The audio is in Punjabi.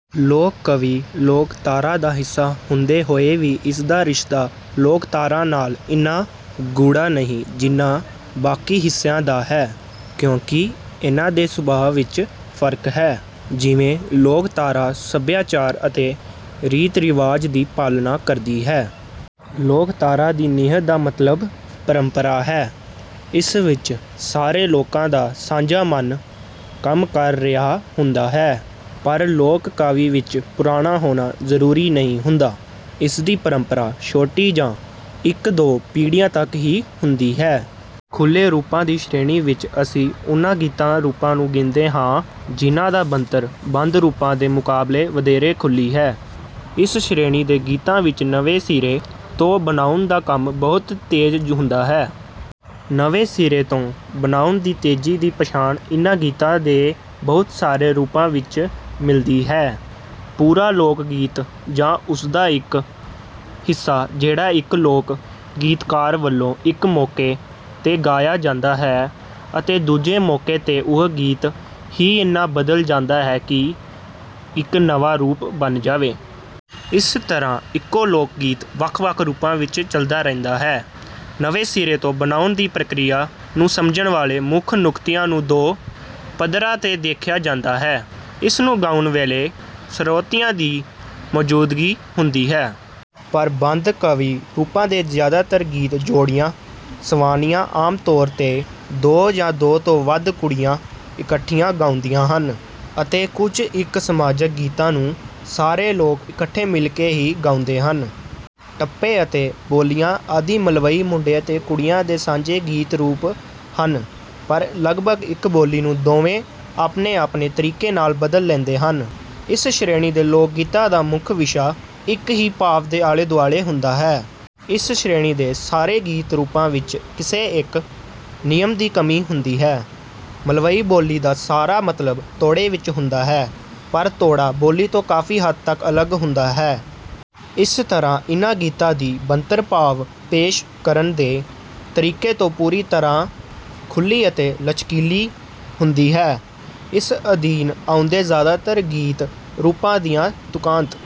ਲੋਕ ਕਾਵਿ ਲੋਕਧਾਰਾ ਦਾ ਹਿੱਸਾ ਹੁੰਦੇ ਹੋਏ ਵੀ ਇਸਦਾ ਰਿਸ਼ਤਾ ਲੋਕਧਾਰਾ ਨਾਲ ਇੰਨਾ ਗੂੜ੍ਹਾ ਨਹੀਂ ਜਿੰਨਾ ਬਾਕੀ ਹਿੱਸਿਆਂ ਦਾ ਹੈ ਕਿਉਂਕਿ ਇਹਨਾਂ ਦੇ ਸੁਭਾਅ ਵਿੱਚ ਫਰਕ ਹੈ। ਜਿਵੇਂ ਲੋਕਧਾਰਾ ਸੱਭਿਆਚਾਰ ਅਤੇ ਰੀਤ ਰਿਵਾਜ ਦੀ ਪਾਲਣਾ ਕਰਦੀ ਹੈ। ਲੋਕਧਾਰਾ ਦੀ ਨੀਂਹ ਦਾ ਮਤਲਬ ਪਰੰਪਰਾ ਹੈ। ਇਸ ਵਿੱਚ ਸਾਰੇ ਲੋਕਾਂ ਦਾ ਸਾਂਝਾ ਮਨ ਕੰਮ ਕਰ ਰਿਹਾ ਹੁੰਦਾ ਹੈ ਪਰ ਲੋਕ ਕਾਵਿ ਵਿੱਚ ਪੁਰਾਣਾ ਹੋਣਾ ਜ਼ਰੂਰੀ ਨਹੀਂ ਹੁੰਦਾ। ਇਸਦੀ ਪਰੰਪਰਾ ਛੋਟੀ ਜਾਂ ਇੱਕ ਦੋ ਪੀੜੀਆਂ ਤੱਕ ਹੀ ਹੁੰਦੀ ਹੈ। ਖੁੱਲੇ ਰੂਪਾਂ ਦੀ ਸ਼੍ਰੇਣੀ ਵਿੱਚ ਅਸੀਂ ਉਹਨਾਂ ਗੀਤ ਰੂਪਾਂ ਨੂੰ ਗਿਣਦੇ ਹਾਂ ਜਿਨ੍ਹਾਂ ਦਾ ਬਣਤਰ ਬੰਦ ਰੂਪਾਂ ਦੇ ਮੁਕਾਬਲੇ ਵਧੇਰੇ ਖੁੱਲੀ ਹੈ। ਇਸ ਸ਼੍ਰੇਣੀ ਦੇ ਗੀਤਾਂ ਵਿੱਚ ਨਵੇਂ ਸਿਰੇ ਤੋਂ ਬਣਾਉਣ ਦਾ ਕੰਮ ਬਹੁਤ ਤੇਜ਼ ਹੁੰਦਾ ਹੈ। ਨਵੇਂ ਸਿਰੇ ਤੋਂ ਬਣਾਉਣ ਦੀ ਤੇਜ਼ੀ ਦੀ ਪਛਾਣ ਇਹਨਾਂ ਗੀਤਾਂ ਦੇ ਬਹੁਤ ਸਾਰੇ ਰੂਪਾਂ ਵਿੱਚ ਮਿਲਦੀ ਹੈ। ਪੂਰਾ ਲੋਕਗੀਤ ਜਾਂ ਉਸਦਾ ਇੱਕ ਹਿੱਸਾ ਜਿਹੜਾ ਇੱਕ ਲੋਕ ਗੀਤਕਾਰ ਵੱਲੋਂ ਇੱਕ ਮੌਕੇ ਤੇ ਗਾਇਆ ਜਾਂਦਾ ਹੈ ਅਤੇ ਦੂਜੇ ਮੌਕੇ ਤੇ ਉਹ ਗੀਤ ਹੀ ਇੰਨਾ ਬਦਲ ਜਾਂਦਾ ਹੈ ਕਿ ਇੱਕ ਨਵਾਂ ਰੂਪ ਬਣ ਜਾਵੇ। ਇਸ ਤਰ੍ਹਾਂ ਇੱਕੋ ਲੋਕਗੀਤ ਵੱਖ ਵੱਖ ਰੂਪਾਂ ਵਿੱਚ ਚੱਲਦਾ ਰਹਿੰਦਾ ਹੈ। ਨਵੇਂ ਸਿਰੇ ਤੋਂ ਬਣਾਉਣ ਦੀ ਪ੍ਰਕਿਰਿਆ ਨੂੰ ਸਮਝਣ ਵਾਲੇ ਮੁੱਖ ਨੁਕਤਿਆਂ ਨੂੰ ਦੋ ਪੱਧਰਾਂ ਤੇ ਦੇਖਿਆ ਜਾਂਦਾ ਹੈ। ਇਸ ਨੂੰ ਗਾਉਣ ਵੇਲੇ ਸਰੋਤਿਆਂ ਦੀ ਮੌਜੂਦਗੀ ਹੁੰਦੀ ਹੈ। ਪਰ ਬੰਦ ਕਾਵਿ ਰੂਪਾਂ ਦੇ ਜ਼ਿਆਦਾਤਰ ਗੀਤ ਝੇੜੀਆਂ ਸਵਾਣੀਆਂ ਆਮ ਤੌਰ ਤੇ ਦੋ ਯਾਂ ਦੋ ਤੋਂ ਵੱਧ ਕੁੜੀਆਂ ਇਕੱਠੀਆਂ ਗਾਉਂਦੀਆਂ ਹਨ ਅਤੇ ਕੁਝ ਇੱਕ ਸਮਾਜਕ ਗੀਤਾਂ ਨੂੰ ਸਾਰੇ ਲੋਕ ਇਕੱਠੇ ਮਿਲ ਕੇ ਹੀ ਗਾਉਂਦੇ ਹਨ। ਟੱਪੇ ਅਤੇ ਬੋਲੀਆਂ ਆਦਿ ਮਲਵਈ ਮੁੰਡਿਆਂ ਤੇ ਕੁੜੀਆਂ ਦੇ ਸਾਂਝੇ ਗੀਤ ਰੂਪ ਹਨ ਪਰ ਲਗਪਗ ਇੱਕ ਬੋਲੀ ਨੂੰ ਦੋਵੇਂ ਆਪਣੇ ਆਪਣੇ ਤਰੀਕੇ ਨਾਲ ਬਦਲ ਲੈਂਦੇ ਹਨ। ਇਸ ਸ਼੍ਰੇਣੀ ਦੇ ਲੋਕਗੀਤਾਂ ਦਾ ਮੁੱਖ ਵਿਸ਼ਾ ਇੱਕ ਹੀ ਭਾਵ ਦੇ ਆਲੇ ਦੁਆਲੇ ਹੁੰਦਾ ਹੈ। ਇਸ ਸ਼੍ਰੇਣੀ ਦੇ ਸਾਰੇ ਗੀਤ ਰੂਪਾਂ ਵਿੱਚ ਕਿਸੇ ਇੱਕ ਨਿਯਮ ਦੀ ਕਮੀ ਹੁੰਦੀ ਹੈ। ਮਲਵਈ ਬੋਲੀ ਦਾ ਸਾਰਾ ਮਤਲਬ ਤੋੜੇ ਵਿੱਚ ਹੁੰਦਾ ਹੈ ਪਰ ਤੋੜਾ ਬੋਲੀ ਤੋਂ ਕਾਫੀ ਹੱਦ ਤੱਕ ਅਲੱਗ ਹੁੰਦਾ ਹੈ। ਇਸ ਤਰ੍ਹਾਂ ਇਹਨਾਂ ਗੀਤਾਂ ਦੀ ਬਣਤਰ ਭਾਵ ਪੇਸ਼ ਕਰਨ ਦੇ ਤਰੀਕੇ ਤੋਂ ਪੂਰੀ ਤਰ੍ਹਾਂ ਖੁੱਲੀ ਅਤੇ ਲਚਕੀਲੀ ਹੁੰਦੀ ਹੈ। ਇਸ ਅਧੀਨ ਆਉਂਦੇ ਜ਼ਿਆਦਾਤਰ ਗੀਤ ਰੂਪਾਂ ਦੀਆਂ ਤੁਕਾਂਤ